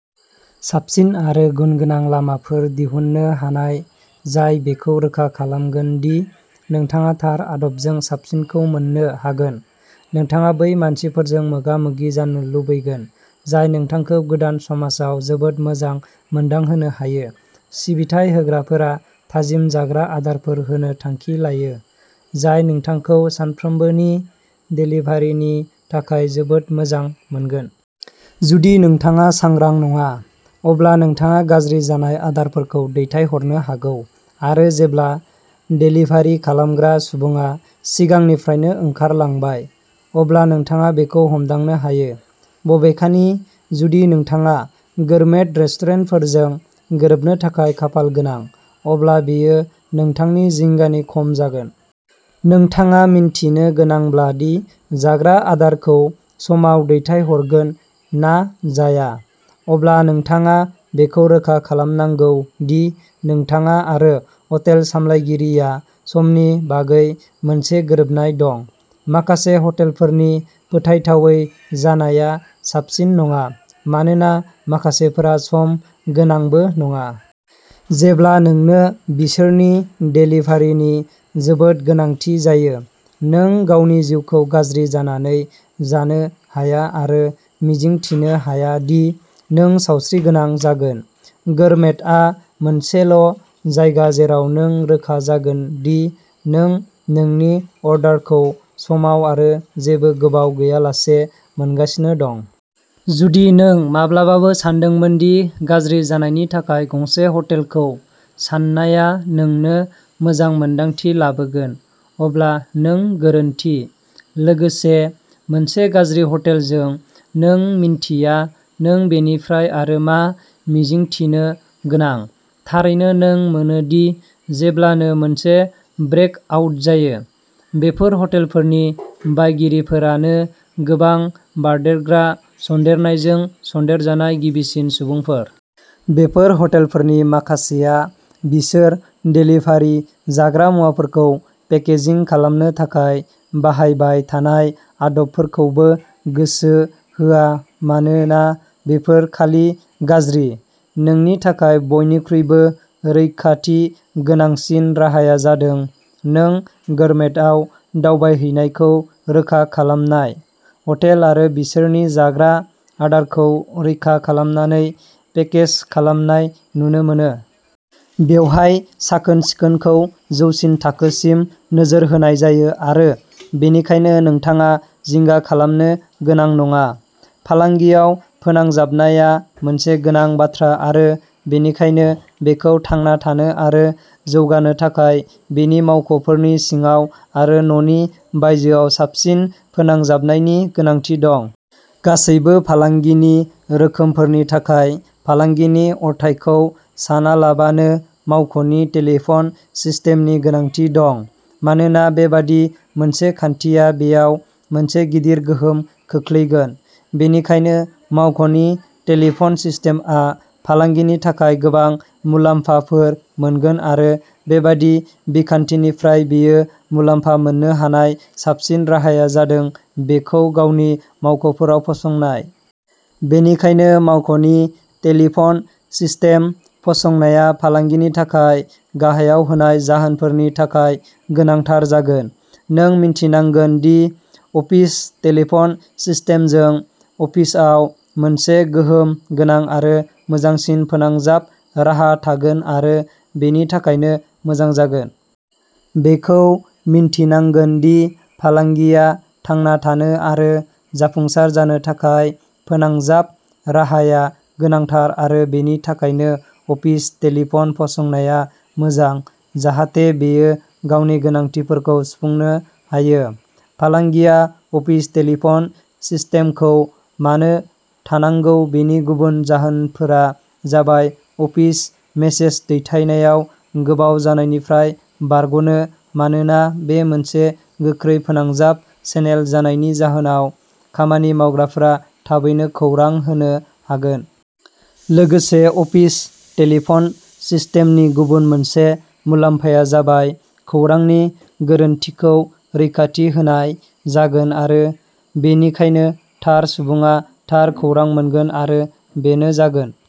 साबसिन आरो गुनगोनां लामाफोर दिहुननो हानाय जाय बेखौ रोखा खालामगोन दि नोंथाङा थार आदबजों साबसिनखौ मोन्नो हागोन। नोंथाङा बै मानसिफोरजों मोगा-मोगि जानो लुबैगोन जाय नोंथांखौ गोदान समाजाव जोबोद मोजां मोनदांहोनो हायो। सिबिथाइ होग्राफोरा थाजिम जाग्रा आदारफोर होनो थांखि लायो, जाय नोंथांखौ सानफ्रोमबोनि देलिभारिनि थाखाय जोबोद मोजां मोनगोन। जुदि नोंथाङा सांग्रां नङा, अब्ला नोंथाङा गाज्रि जानाय आदारफोरखौ दैथायहरनो हागौ आरो जेब्ला देलिभारि खालामग्रा सुबुङा सिगांनिफ्रायनो ओंखारलांबाय, अब्ला नोंथाङा बेखौ हमदांनो हायो। बबेखानि, जुदि नोंथाङा गोरमेट रेस्टुरेन्टफोरजों गोरोबनो थाखाय खाफालगोनां, अब्ला बेयो नोंथांनि जिंगानि खम जागोन। नोंथाङा मिन्थिनो गोनांब्ला दि जाग्रा आदारखौ समाव दैथायहरगोन ना जाया, अब्ला नोंथाङा बेखौ रोखा खालामनांगौ दि नोंथाङा आरो हटेल सामलायगिरिया समनि बागै मोनसे गोरोबनाय दं। माखासे हटेलफोरनि फोथायथावै जानाया साबसिन नङा, मानोना माखासेफोरा सम गोनांबो नङा। जेब्ला नोंनो बिसोरनि देलिभारिनि जोबोद गोनांथि जायो। नों गावनि जिउखौ गाज्रि जानानै जानो हाया आरो मिजिंथिनो हाया दि नों सावस्रिगोनां जागोन। गोरमेटआ मोनसेल' जायगा जेराव नों रोखा जागोन दि नों नोंनि अर्डारखौ समाव आरो जेबो गोबाव गैयालासे मोनगासिनो दं। जुदि नों माब्लाबाबो सानदोंमोन दि गाज्रि जानायनि थाखाय गंसे हटेलखौ साननाया नोंनो मोजां मोन्दांथि लाबोगोन, अब्ला नों गोरोन्थि। लोगोसे, मोनसे गाज्रि हटेलजों नों मिन्थिया नों बेनिफ्राय आरो मा मिजिंथिनो गोनां। थारैनो, नों मोनो दि जेब्लानो मोनसे ब्रेक आउट जायो, बेफोर हटेलफोरनि बायगिरिफोरानो गोबां बारदेरग्रा सन्देरनायजों सन्देरजानाय गिबिसिन सुबुंफोर। बेफोर हटेलफोरनि माखासेआ बिसोर देलिभारि जाग्रा मुवाफोरखौ पेकेजिं खालामनो थाखाय बाहायबाय थानाय आदबफोरखौबो गोसो होआ मानोना बेफोर खालि गाज्रि। नोंनि थाखाय बयनिख्रुइबो रैखाथि गोनांसिन राहाया जादों नों गोरमेटआव दावबायहैनायखौ रोखा खालामनाय। हटेल आरो बिसोरनि जाग्रा आदारखौ रैखा खालामनानै पेकेज खालामनाय नुनो मोनो। बेवहाय साखोन सिखोनखौ जौसिन थाखोसिम नोजोर होनाय जायो आरो बेनिखायनो नोंथाङा जिंगा खालामनो गोनां नङा। फालांगियाव फोनांजाबनाया मोनसे गोनां बाथ्रा आरो बेनिखायनो बेखौ थांना थानो आरो जौगानो थाखाय बेनि मावख'फोरनि सिङाव आरो न'नि बायजोआव साबसिन फोनांजाबनायनि गोनांथि दं। गासैबो फालांगिनि रोखोमफोरनि थाखाय फालांगिनि अरथाइखौ सानालाबानो मावख'नि टेलिफन सिस्टेमनि गोनांथि दं मानोना बेबादि मोनसे खान्थिया बेयाव मोनसे गिदिर गोहोम खोख्लैगोन। बेनिखायनो मावख'नि टेलिफन सिस्टेमआ फालांगिनि थाखाय गोबां मुलाम्फाफोर मोनगोन आरो बेबादि बिखान्थिनिफ्राय बेयो मुलाम्फा मोननो हानाय साबसिन राहाया जादों बेखौ गावनि मावख'फोराव फसंनाय। बेनिखायनो मावख'नि टेलिफन सिस्टेम फसंनाया फालांगिनि थाखाय गाहायाव होनाय जाहोनफोरनि थाखाय गोनांथार जागोन। नों मिन्थिनांगोन दि अफिस टेलिफन सिस्टेमजों अफिसआव मोनसे गोहोम गोनां आरो मोजांसिन फोनांजाब राहा थागोन आरो बेनि थाखायनो मोजां जागोन। बेखौ मिन्थिनांगोन दि फालांगिया थांना थानो आरो जाफुंसार जानो थाखाय फोनांजाब राहाया गोनांथार आरो बेनि थाखायनो अफिस टेलिफन फसंनाया मोजां जाहाथे बेयो गावनि गोनांथिफोरखौ सुफुंनो हायो। फालांगिया अफिस टेलिफन सिस्टेमखौ मानो थानांगौ बेनि गुबुन जाहोनफोरा जाबाय अफिस मेसेज दैथायनायाव गोबाव जानायनिफ्राय बारग'नो मानोना बे मोनसे गोख्रै फोनांजाब चेनेल जानायनि जाहोनाव खामानि मावग्राफोरा थाबैनो खौरां होनो हागोन। लोगोसे अफिस टेलिफन सिस्टेमनि गुबुन मोनसे मुलाम्फाया जाबाय खौरांनि गोरोनथिखौ रैखाथि होनाय जागोन आरो बेनिखायनो थार सुबुङा थार खौरां मोनगोन आरो बेनो जागोन।